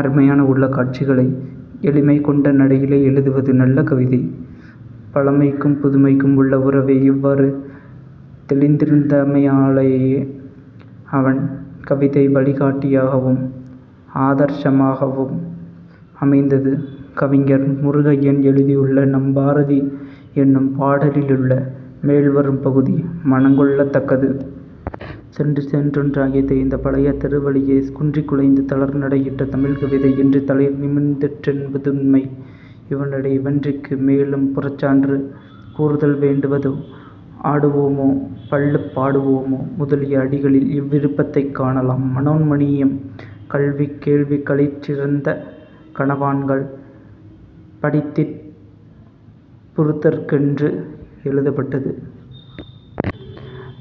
அருமையான உள்ளக் காட்சிகளை எளிமை கொண்ட நடையிலே எழுதுவது நல்ல கவிதை. " பழமைக்கும், புதுமைக்கும் உள்ள உறவை இவ்வாறு தௌிந்திருந்தமையாலேயே அவன் கவிதை வழி காட்டியாகவும், ஆதர்ஷமாகவும் அமைந்தது. கவிஞர் முருகையன் எழுதியுள்ள 'நம் பாரதி' என்னும் பாடலிலுள்ள மேல்வரும் பகுதி மனங்கொள்ளத் தக்கது. "சென்று சென்றொன்றாகித் தேய்ந்த பழைய தெருவழியே குன்றிக் குலைந்து தளர்நடையிட்ட தமிழ்க்கவிதை இன்று தலைநிமிர்த் திற்றென்பதுண்மை இவனுடைய வென்றிக்கு மேலும் புறச்சான்று கூறுதல் வேண்டுவதோ? " "ஆடுவோமே பள்ளுப் பாடுவோமே" முதலிய அடிகளில் இவ்விருப்பத்தைக் காணலாம். மனோன்மணீயம் "கல்வி கேள்விகளிற் சிறந்த கனவான்கள்" படித்தின்புறுதற்கென்று எழுதப்பட்டது.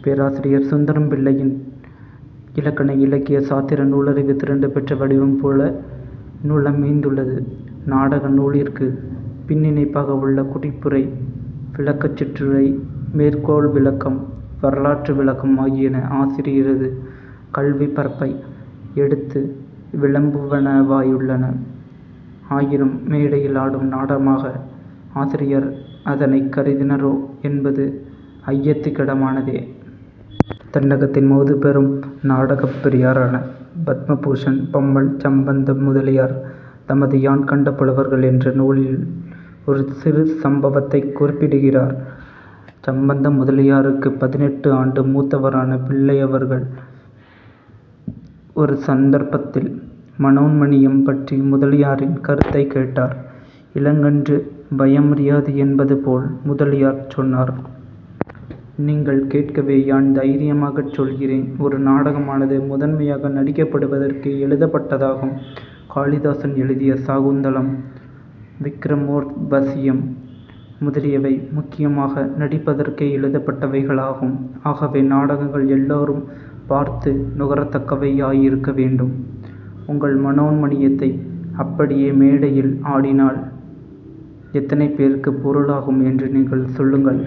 பேராசிரியர் சுந்தரம்பிள்ளையின் இலக்கண, இலக்கிய, சாத்திர நூலறிவு திரண்டு பெற்ற வடிவம் போல நூல் அமைந்துள்ளது. நாடக நூலிற்குப் பின்னிணைப்பாக உள்ள குறிப்புரை, விளக்கச் சிற்றுரை, மேற்கோள் விளக்கம், வரலாற்று விளக்கம் ஆகியன ஆசிரியரது கல்விப் பரப்பை எடுத்து விளம்புவனவாயுள்ளன. ஆயினும் மேடையில் ஆடும் நாடகமாக ஆசிரியர் அதனைக் கருதினரோ என்பது ஐயத்துக்கிடமானதே. தென்னகத்தின் முதுபெரும் நாடகப் பெரியாரான பத்மபூஷன் பம்மல் சம்பந்த முதலியார் தமது யான் கண்ட புலவர்கள் என்ற நூலில் ஒரு சிறு சம்பவத்தைக் குறிப்பிடுகிறார். சம்பந்த முதலியாருக்குப் பதினெட்டு ஆண்டு மூத்தவரான பிள்ளையவர்கள் ஒரு சந்தர்ப்பத்தில் மனோன்மணீயம் பற்றி முதலியாரின் கருத்தைக் கேட்டார். இளங்கன்று பயமறியாது என்பது போல் முதலியார் சொன்னார்.: "நீங்கள் கேட்கவே யான் தைரியமாகச் சொல்கிறேன். ஒரு நாடகமானது முதன்மையாக நடிக்கப்படுவதற்கே எழுதப்பட்டதாகும். காளிதாசன் எழுதிய சாகுந்தலம், விக்கிரமோர்வசியம் முதலியவை முக்கியமாக நடிப்பதற்கே எழுதப்பட்டவைகளாகும். ஆகவே நாடகங்கள் எல்லோரும் பார்த்து நுகரத்தக்கவை யாயிருக்க வேண்டும். உங்கள் மனோன்மணீயத்தை அப்படியே மேடையில் ஆடினால் எத்தனை பேருக்குப் பொருளாகும் என்று நீங்கள் சொல்லுங்கள்.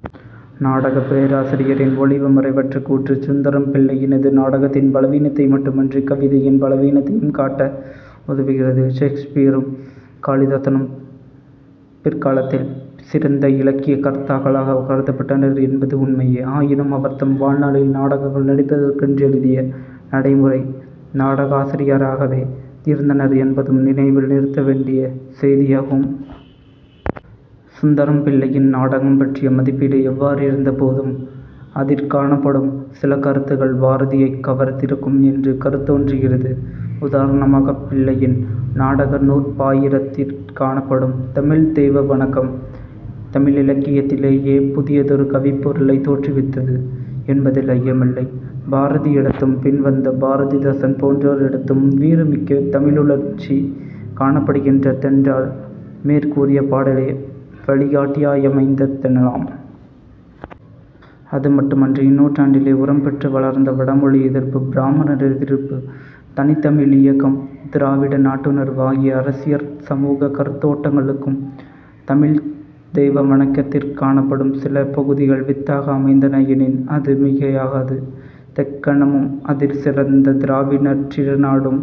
"। நாடகப் பேராசிரியரின் ஒளிவு மறைவற்ற கூற்று சுந்தரம்பிள்ளையினது நாடகத்தின் பலவீனத்தை மட்டுமன்றிக் கவிதையின் பலவீனத்தையும் காட்ட உதவுகிறது. ஷேக்ஸ்பியரும், காளிதாசனும் பிற்காலத்தில் சிறந்த இலக்கியக் கர்த்தாக்களாகக் கருதப்பட்டனர் என்பது உண்மையே. ஆயினும் அவர்தம் வாழ்நாளில் நாடகங்கள் நடிப்பதற்கென்றெழுதிய நடைமுறை நாடகாசிரியராகவே இருந்தனர் என்பதும் நினைவில் நிறுத்த வேண்டிய செய்தியாகும். சுந்தரம்பிள்ளையின் நாடகம் பற்றிய மதிப்பீடு எவ்வாறிருந்த போதும் அதிற் காணப்படும் சில கருத்துக்கள் பாரதியைக் கவர்ந்திருக்கும் என்று கருதத்தோன்றுகிறது. உதாரணமாகப் பிள்ளையின் நாடக நூற் பாயிரத்திற் காணப்படும் தமிழ்த் தெய்வ வணக்கம் தமிழிலக்கியத்திலேயே புதியதொரு கவிப்பொருளைத் தோற்றுவித்தது என்பதில் ஐயமில்லை. பாரதியிடத்தும் பின்வந்த பாரதிதாசன் போன்றோரிடத்தும் வீறுமிக்க தமிழுணர்ச்சி காணப்படுகின்ற தென்றால் மேற்கூறிய பாடலே வழிகாட்டியாயமைந்த தெனலாம். அதுமட்டுமன்று; இந்நூற்றாண்டிலே உரம்பெற்று வளர்ந்த வடமொழி எதிர்ப்பு, பிராமணர் எதிர்ப்பு, தனித்தமிழியக்கம், திராவிட நாட்டுணர்வு ஆகிய அரசியற் சமூகக் கருத்தோட்டங்களுக்கும் தமிழ்த் தெய்வ வணக்கத்திற் காணப்படும் சில பகுதிகள் வித்தாக அமைந்தன எனின் அது மிகையாகாது. "தெக்கணமும் அதிற் சிறந்த திராவிட நற் றிருநாடும்"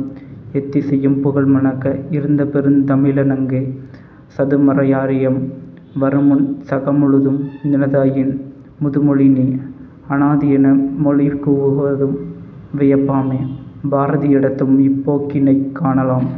"எத்திசையும் புகழ்மணக்க இருந்தபெருந் தமிழணங்கே" "சதுமறையாரியம் வருமுன் சகமுழுதும் நினதாயின் முதுமொழி நீ அநாதியென மொழிகுவதும் வியப்பாமே" பாரதியிடத்தும் இப்போக்கினைக் காணலாம்.